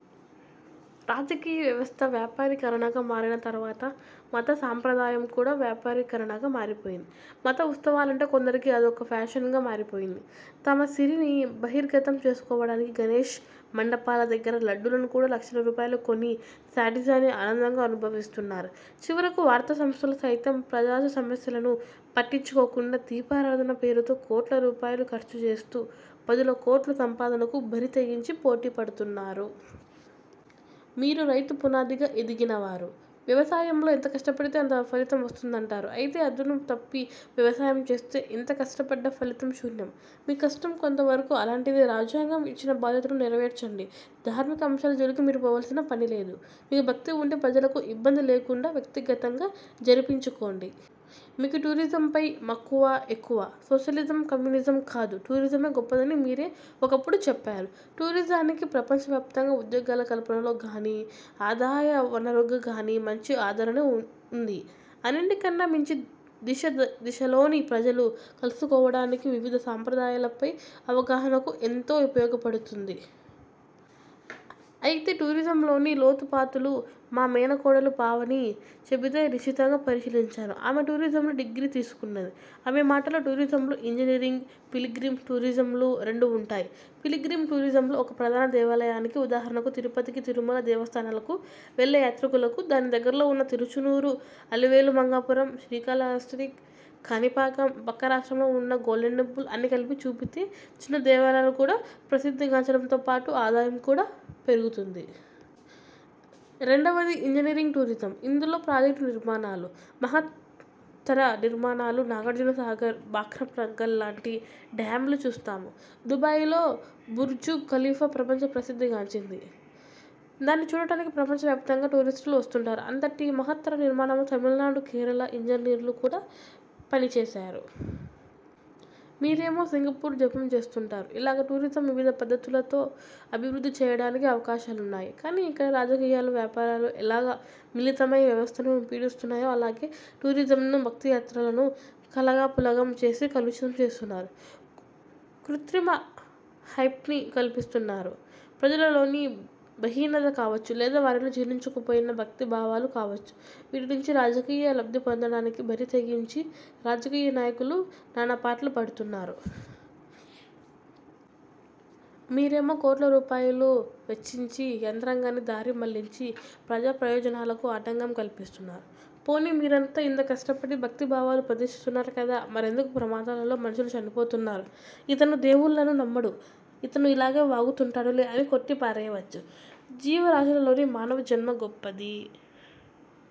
రాజకీయ వ్యవస్థ వ్యాపారీకరణగా మారిన తర్వాత మత సాంప్రదాయం కూడా వ్యాపారీకరణగా మారిపోయింది. మత ఉత్సవాలంటే కొందరికి అదొక ప్యాషన్గా మారిపోయింది. తమ సిరిని బహిర్గతం చేసుకోవడానికి గణేష్ మండపాల దగ్గర లడ్డూలను కూడా లక్షల రూపాయలకు కొని శాడిజాన్ని ఆనందంగా అనుభవిస్తున్నారు. చివరకు వార్తా సంస్థలు సైతం ప్రజాసమస్యలను పట్టించుకోకుండా దీపారాధాన పేరుతో కోట్ల రూపాయలు ఖర్చుచేస్తూ పదుల కోట్ల సంపాదనకు బరితెగించి పోటీపడుతున్నారు. మీరు రైతు పునాదిగా ఎదిగినవారు. వ్యవసాయంలో ఎంత కష్టపడితే అంత ఫలితం వస్తుందంటారు. అయితే అదునుతప్పి వ్యవసాయం చేస్తే ఎంత కష్టపడ్డా ఫలితం శూన్యం. మీ కష్టం కొంతవరకు అలాంటిదే. రాజ్యాంగం ఇచ్చిన బాధ్యతలను నెరవేర్చండి. ధార్మిక అంశాల జోలికి మీరు పోవలసిన పనిలేదు. మీకు భక్తి ఉంటే ప్రజలకు ఇబ్బంది లేకుండా వ్యక్తిగతంగా జరిపించుకోండి. మీకు టూరిజంపై మక్కువ ఎక్కువ. సోషలిజం కమ్యూనిజం కాదు టూరిజమే గొప్పదని మీరే ఒకప్పుడు చెప్పారు. టూరిజానికి ప్రపంచవ్యాప్తంగా ఉద్యోగాల కల్పనలో గానీ, ఆదాయవనరుగా గానీ మంచి ఆదరణే ఉంది. అన్నింటికన్నా మించి దిశ దిశలోని ప్రజలు కలుసుకోవడానికి వివిధ సాంప్రదాయాలపై అవగాహనకు ఎంతో ఉపయోగపడుతుంది. అయితే టూరిజంలోని లోతుపాతులు మా మేనకోడలు పావని చెబితే నిశితంగా పరిశీలించాను. ఆమె టూరిజంలో డిగ్రీ తీసుకున్నది. ఆమె మాటల్లో ''టూరిజంలో ఇంజనీరింగ్, పిలిగ్రిమ్ టూరిజమ్లు రెండు ఉంటాయి. పిలిగ్రిమ్ టూరిజంలో ఒక ప్రధాన దేవాలయానికి–ఉదాహరణకు తిరుపతి- తిరుమల దేవస్థానాలకు–వెళ్ళే యాత్రికులకు దాని దగ్గర్లో ఉన్న తిరుచానూరు, అలివేలుమంగాపురం, శ్రీకాళహస్తి, కాణిపాకం, ప్రక్క రాష్ట్రంలో ఉన్న గోల్డెన్టెంపుల్ అన్ని కలిపి చూపితే చిన్న దేవాలయాలు కూడా ప్రసిద్ధిగాంచడంతోపాటు ఆదాయం కూడా పెరుగుతుంది. రెండవది ఇంజనీరింగ్ టూరిజం. ఇందులో ప్రాజెక్టు నిర్మాణాలు, మహత్తర నిర్మాణాలు, నాగార్జున సాగర్, బాక్రానంగల్ లాంటి డ్యామ్లు చూస్తాము. దుబాయిలో 'బుర్జు ఖలీఫా' ప్రపంచ ప్రసిద్ధిగాంచింది. దాన్ని చూడటానికి ప్రపంచ వ్యాపితంగా టూరిస్టులు వస్తుంటారు. అంతటి మహత్తర నిర్మాణంలో తమిళనాడు, కేరళ ఇంజనీర్లు కూడా పనిచేశారు. మీరేమో సింగపూర్ జపం చేస్తుంటారు. ఇలాగా టూరిజం వివిధ పద్ధతులలో అభివృద్ధి చేయడానికి అవకాశాలున్నాయి. కానీ ఇక్కడ రాజకీయాలు- వ్యాపారాలు ఎలాగా మిళితమై వ్యవస్థను పీడిస్తున్నాయో, అలాగే టూరిజంను, భక్తి యాత్రలను కలాగాపులగం చేసి కలుషితం చేస్తున్నారు. కృత్రిమ హైప్ని కల్పిస్తున్నారు. ప్రజలలోని బహీనత కావచ్చు లేదా వారిలో జీర్ణించుకుపోయిన భక్తి భావాలు కావచ్చు, వీటి నుంచి రాజకీయ లబ్ధిపొందడానికి బరితెగించి రాజకీయ నాయకులు నానాపాట్లు పడుతున్నారు. మీరేమో కోట్ల రూపాయలు వెచ్చించి, యంత్రాంగాన్ని దారి మళ్ళించి ప్రజా ప్రయోజనాలకు ఆటంకం కల్పిస్తున్నారు. పోనీ మీరంతా ఇంత కష్టపడి భక్తి భావాలు ప్రదర్శిస్తున్నారు కదా! మరెందుకు ప్రమాదాలలో మనుషులు చనిపోతున్నారు. ''ఇతను దేవుళ్ళను నమ్మడు ఇతను ఇలాగే వాగుతుంటాడులే'' అని కొట్టి పారేయవచ్చు. జీవరాశులలోకి మానవ జన్మ గొప్పది.